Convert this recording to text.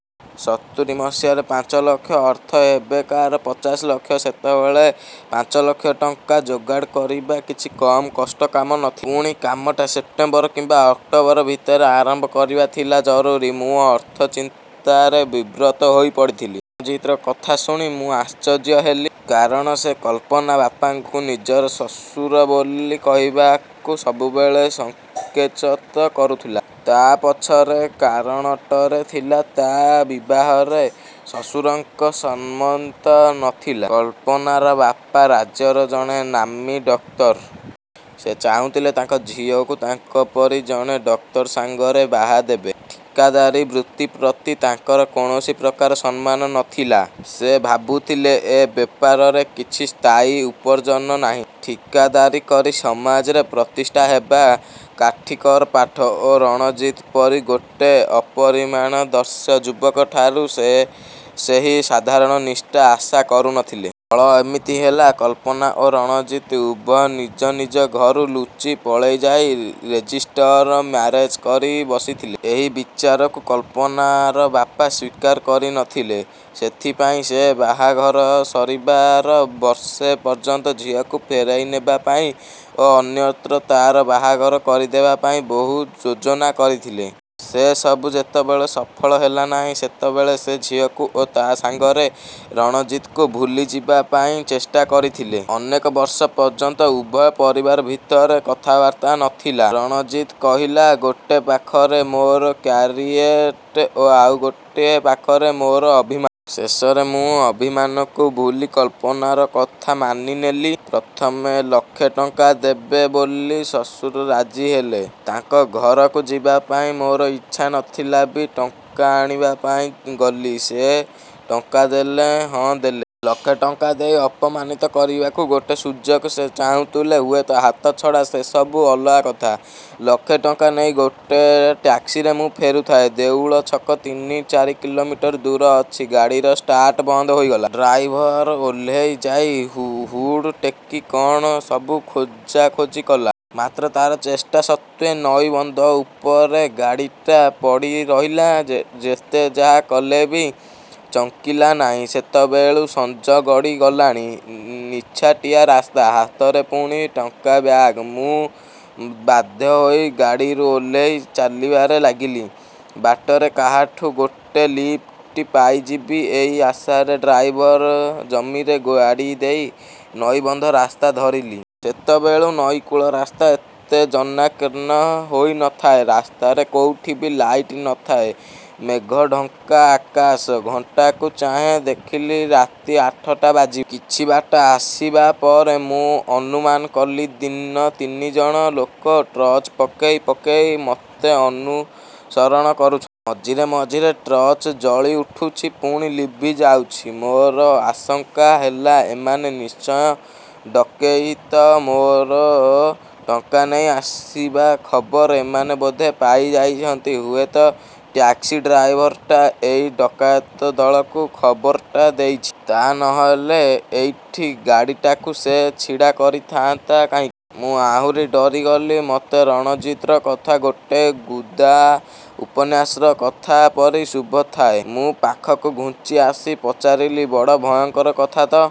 ସତୁରି ମସିହାରେ ପାଞ୍ଚ ଲକ୍ଷ ଅର୍ଥ ଏବେକାର ପଚାଶ ଲକ୍ଷ! ସେତେବେଳେ ପାଞ୍ଚ ଲକ୍ଷ ଟଙ୍କା ଯୋଗାଡ଼ କରିବା କିଛି କମ୍ କଷ୍ଟ କାମ ନଥିଲା। ପୁଣି କାମଟା ସେପ୍ଟେମ୍ବର କିମ୍ବା ଅକ୍ଟୋବର ଭିତରେ ଆରମ୍ଭ କରିବା ଥିଲା ଜରୁରୀ। ମୁଁ ଅର୍ଥ ଚିନ୍ତାରେ ବିବ୍ରତ ହୋଇ ପଡ଼ିଥିଲି। ଜିତ୍‌ର କଥା ଶୁଣି ମୁଁ ଆଶ୍ଚର୍ଯ୍ୟ ହେଲି। କାରଣ ସେ କଳ୍ପନାର ବାପାଙ୍କୁ ନିଜର ଶ୍ୱଶୁର ବୋଲି କହିବାକୁ ସବୁବେଳେ ସଙ୍କୋଚ କରୁଥିଲା। ତା' ପଛରେ କାରଣଟେ ଥିଲା। ତା' ବିବାହରେ ଶ୍ୱଶୁରଙ୍କର ସମ୍ମତି ନ ଥିଲା। କଳ୍ପନାର ବାପା ରାଜ୍ୟର ଜଣେ ନାମୀ ଡାକ୍ତର। ସେ ଚାହୁଁଥିଲେ ତାଙ୍କ ଝିଅକୁ ତାଙ୍କ ପରି ଜଣେ ଡକ୍ତର ସାଙ୍ଗରେ ବାହା ଦେବେ। ଠିକାଦାରୀ ବୃତ୍ତି ପ୍ରତି ତାଙ୍କର କୌଣସି ପ୍ରକାର ସମ୍ମାନ ନ ଥିଲା। ସେ ଭାବୁଥିଲେ, ଏଇ ବେପାରରେ କିଛି ସ୍ଥାୟୀ ଉପାର୍ଜନ ନାହିଁ। ଠିକାଦାରୀ କରି ସମାଜରେ ପ୍ରତିଷ୍ଠିତ ହେବା କାଠିକର ପାଠ ଓ ରଣଜିତ୍ ପରି ଗୋଟେ ଅପରିଣାମଦର୍ଶୀ ଯୁବକ ଠାରୁ ସେ ସେହି ଧରଣର ନିଷ୍ଠା ଆଶା କରୁ ନଥିଲେ। ଫଳ ଏମିତି ହେଲା, କଳ୍ପନା ଓ ରଣଜିତ୍ ଉଭୟେ ନିଜ ନିଜ ଘରୁ ଲୁଚି ପଳେଇ ଯାଇ ରେଜିଷ୍ଟ୍ରି ମ୍ୟାରେଜ୍ କରି ବସିଥିଲେ। ଏହି ବିଚାରକୁ କଳ୍ପନାର ବାପା ସ୍ୱୀକାର କରି ନ ଥିଲେ। ସେଥିପାଇଁ ସେ ବାହାଘର ସରିବାର ବର୍ଷେ ପର୍ଯ୍ୟନ୍ତ ଝିଅକୁ ଫେରାଇ ନେବା ପାଇଁ ଓ ଅନ୍ୟତ୍ର ତା'ର ବାହାଘର କରିଦେବା ପାଇଁ ବହୁ ଯୋଜନା କରିଥିଲେ। ସେସବୁ ଯେତେବେଳେ ସଫଳ ହେଲା ନାହିଁ, ସେତେବେଳେ ସେ ଝିଅକୁ ଓ ତା' ସାଙ୍ଗରେ ରଣଜିତ୍‌କୁ ଭୁଲିଯିବା ପାଇଁ ଚେଷ୍ଟା କରିଥିଲେ। ଅନେକ ବର୍ଷ ପର୍ଯ୍ୟନ୍ତ ଉଭୟ ପରିବାର ଭିତରେ କଥାବାର୍ତ୍ତା ନଥିଲା। ରଣଜିତ୍ କହିଲା, "ଗୋଟେ ପାଖରେ ମୋର କ୍ୟାରିୟଟ ଓ ଆଉ ଗୋଟିଏ ପାଖରେ ମୋର ଅଭିମାନ। ଶେଷରେ ମୁଁ ଅଭିମାନକୁ ଭୁଲି କଳ୍ପନାର କଥା ମାନି ନେଲି। ପ୍ରଥମେ ଲକ୍ଷେ ଟଙ୍କା ଦେବେ ବୋଲି ଶ୍ୱଶୁର ରାଜି ହେଲେ। ତାଙ୍କ ଘରକୁ ଯିବା ପାଇଁ ମୋର ଇଚ୍ଛା ନ ଥିଲେ ବି ଟଙ୍କା ଆଣିବା ପାଇଁ ଗଲି।" ସେ ଟଙ୍କା ଦେଲେ? ହଁ, ଦେଲେ। ଲକ୍ଷେ ଟଙ୍କା ଦେଇ ଅପମାନିତ କରିବାକୁ ଗୋଟେ ସୁଯୋଗ ସେ ଚାହୁଁଥିଲେ ହୁଏତ। ଛାଡ଼, ସେସବୁ ଅଲଗା କଥା। ଲକ୍ଷେ ଟଙ୍କା ନେଇ ଗୋଟେ ଟ୍ୟାକ୍ସିରେ ମୁଁ ଫେରୁଥାଏ। ଦେଉଳ ଛକ ତିନି ଚାରି କିଲୋମିଟର ଦୂର ଅଛି, ଗାଡ଼ିଟାର ଷ୍ଟାର୍ଟ ବନ୍ଦ ହୋଇଗଲା। ଡ୍ରାଇଭର ଓହ୍ଲେଇ ଯାଇ ହୁଡ୍ ଟେକି କ'ଣ ସବୁ ଖୋଜାଖୋଜି କଲା। ମାତ୍ର ତା'ର ଚେଷ୍ଟା ସତ୍ତ୍ୱେ ନଈବନ୍ଧ ଉପରେ ଗାଡ଼ିଟା ପଡ଼ି ରହିଲା, ଯେ ଯେତେ ଯାହା କଲେ ବି ଚଙ୍କିଲା ନାହିଁ। ସେତେବେଳକୁ ସଞ୍ଜ ଗଡ଼ିଗଲାଣି। ନିଛାଟିଆ ରାସ୍ତା। ହାତରେ ପୁଣି ଟଙ୍କା ବ୍ୟାଗ୍। ମୁଁ ବାଧ୍ୟ ହୋଇ ଗାଡ଼ିରୁ ଓହ୍ଲେଇ ଚାଲିବାରେ ଲାଗିଲି। ବାଟରେ କାହାଠୁ ଗୋଟେ ଲିଫ୍ଟ ପାଇଯିବି, ଏଇ ଆଶାରେ ଡ୍ରାଇଭର ଜିମାରେ ଗାଡ଼ି ଦେଇ ନଈବନ୍ଧ ରାସ୍ତା ଧରିଲି। ଯେତେବେଳୁ ନଈକୂଳ ରାସ୍ତା ଏତେ ଜନାକୀର୍ଣ୍ଣ ହୋଇ ନ ଥାଏ। ରାସ୍ତାରେ କୋଉଠି ବି ଲାଇଟ୍ ନ ଥାଏ। ମେଘଢ଼ଙ୍କା ଆକାଶ। ଘଣ୍ଟାକୁ ଚାହିଁ ଦେଖିଲି, ରାତି ଆଠଟା ବାଜିବ। କିଛି ବାଟ ଆସିବା ପରେ ମୁଁ ଅନୁମାନ କଲି ଦି' ତିନିଜଣ ଲୋକ ଟର୍ଚ୍ଚ ପକେଇ ପକେଇ ମୋତେ ଅନୁସରଣ କରୁଛନ୍ତି। ମଝିରେ ମଝିରେ ଟର୍ଚ୍ଚ ଜଳି ଉଠୁଛି, ପୁଣି ଲିଭି ଯାଉଛି। ମୋର ଆଶଙ୍କା ହେଲା ଏମାନେ ନିଶ୍ଚୟ ଡକେଇତ। ମୋର ଟଙ୍କା ନେଇ ଆସିବା ଖବର ଏମାନେ ବୋଧେ ପାଇ ଯାଇଛନ୍ତି। ହୁଏତ ଟ୍ୟାକ୍ସି ଡ୍ରାଇଭରଟା ଏଇ ଡକାୟତ ଦଳକୁ ଖବରଟା ଦେଇଛି। ତାହା ନ ହେଲେ ଏଇଠି ଗାଡ଼ିଟାକୁ ସେ ଛିଡ଼ା କରୀଥାନ୍ତା କାହିଁକି? ମୁଁ ଆହୁରି ଡରିଗଲି। ମୋତେ ରଣଜିତ୍‌ର କଥା ଗୋଟେ ଗୁଇନ୍ଦା ଉପନ୍ୟାସର କଥା ପରି ଶୁଭୁଥାଏ। ମୁଁ ପାଖକୁ ଘୁଞ୍ଚି ଆସି ପଚାରିଲି, "ବଡ଼ ଭୟଙ୍କର କଥା ତ!"